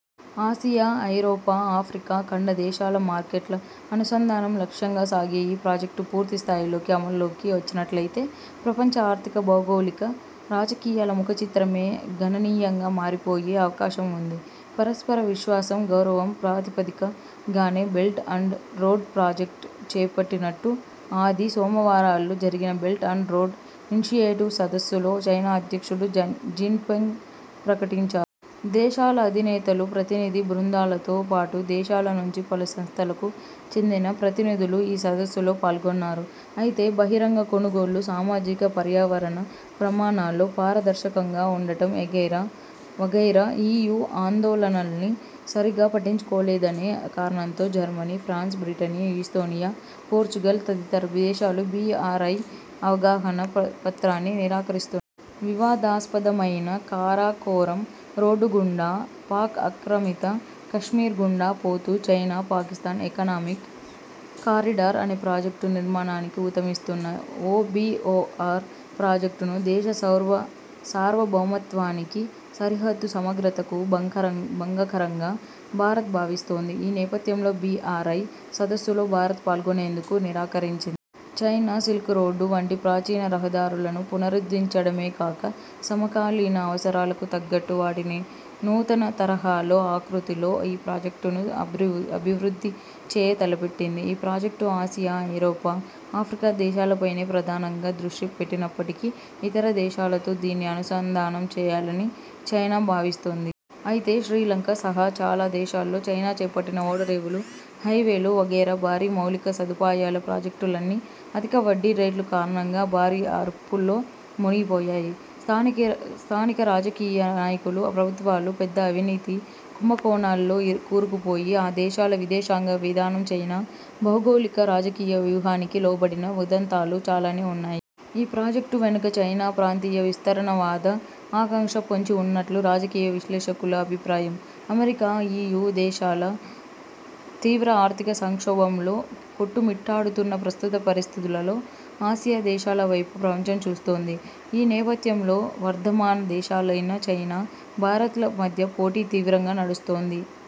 Asia, ఐరోపా, Africa ఖండ దేశాల మార్కె్ట్ల అనుసంధానం లక్ష్యంగా సాగే ఈ ప్రాజెక్టు పూర్తి స్థాయిలోకి అమలులోకి వచ్చినట్లయితే ప్రపంచ ఆర్థిక, భౌగోళిక రాజకీయాల ముఖచిత్రమే గణనీయంగా మారిపోయే అవకాశం ఉంది. పరస్పర విశ్వాసం, గౌరవం ప్రాతిపదిక గానే బెల్ట్ అండ్ రోడ్ ప్రాజెక్టు చేపట్టినట్టు ఆది, సోమవారాల్లో జరిగిన బెల్ట్ అండ్ రోడ్ ఇన్షియేటివ్ సదస్సులో చైనా అధ్యక్షుడు జిన్పింగ్ ప్రకటించారు. దేశాల అధినేతలు, ప్రతినిధి బృందాలతో పాటు, దేశాల నుంచి పలు సంస్థలకు చెందిన ప్రతినిధులు ఈ సదస్సులో పాల్గొన్నారు. అయితే బహిరంగ కొనుగోళ్ళు, సామాజిక, పర్యావరణ ప్రమాణాల్లో పారదర్శకంగా ఉండటం వగైరా ఈయూ ఆందోళనల్ని సరిగా పట్టించుకోలేదనే కారణంతో Germany, France, Britain, Estonia, Portugal తదితర దేశాలు బీఆర్ఐ అవగాహన పత్రాన్ని నిరాకరిస్తు న్నాయి. వివాదాస్పదమైన కారాకోరమ్ రోడ్డు గుండా, పాక్ ఆక్రమిత కశ్మీర్ గుండా పోతూ చైనా పాకిస్థాన్ ఎకానమిక్ కారిడార్ అనే ప్రాజెక్టు నిర్మాణానికి ఊతమిస్తున్న ఓబీఓఆర్ ప్రాజెక్టును దేశ సార్వభౌమత్వానికి, సరిహద్దు సమగ్రతకు భంగకరంగా భారత్ భావిస్తోంది. ఈ నేపథ్యంలో బీఆర్ఐ సదస్సులో భారత్ పాల్గొనేందుకు నిరాకరించింది. చైనా సిల్క్ రోడ్డు వంటి ప్రాచీన రహదారులను పునరుద్ధించడమే కాక, సమకాలీన అవసరాలకు తగ్గట్టు వాటిని నూతన తరహాలో, ఆకృతిలో ఈ ప్రాజెక్టును అభివృద్ధి చేయ తలపెట్టింది. ఈ ప్రాజెక్టు ఆసియా, ఐరోపా, ఆఫ్రికా దేశాలపైనే ప్రధానంగా దృష్టి పెట్టినప్పటికీ ఇతర దేశాలతో దీన్ని అనుసంధానం చేయాలని చైనా భావిస్తోంది. అయితే శ్రీలంక సహా చాలా దేశాల్లో చైనా చేపట్టిన ఓడరేవులు, హైవేలు వగైరా భారీ మౌలిక సదుపాయాల ప్రాజెక్టులన్నీ అధిక వడ్డీ రేట్లు కారణంగా భారీ అప్పుల్లో మునిగిపోయాయి. స్థానిక రాజకీయ నాయకులు, ప్రభుత్వాలు పెద్ద అవినీతి కుంభకోణాల్లో కూరుకుపోయి, ఆ దేశాల విదేశాంగ విధానం చైనా భౌగోళిక రాజకీయ వ్యూహానికి లోబడిన ఉదంతాలు చాలానే ఉన్నాయి. ఈ ప్రాజెక్టు వెనుక చైనా ప్రాంతీయ విస్తరణవాద ఆకాంక్ష పొంచి ఉన్నట్లు రాజకీయ విశ్లేషకుల అభిప్రాయం. అమెరికా, ఈయూ దేశాలు తీవ్ర ఆర్థిక సంక్షోభంలో కొట్టుమిట్టాడుతున్న ప్రస్తుత పరిస్థితులలో ఆసియా దేశాల వైపు ప్రపంచం చూస్తోంది. ఈ నేపథ్యంలో వర్ధమాన దేశాలైన చైనా, భారత్ల మధ్య పోటీ తీవ్రంగా నడుస్తోంది.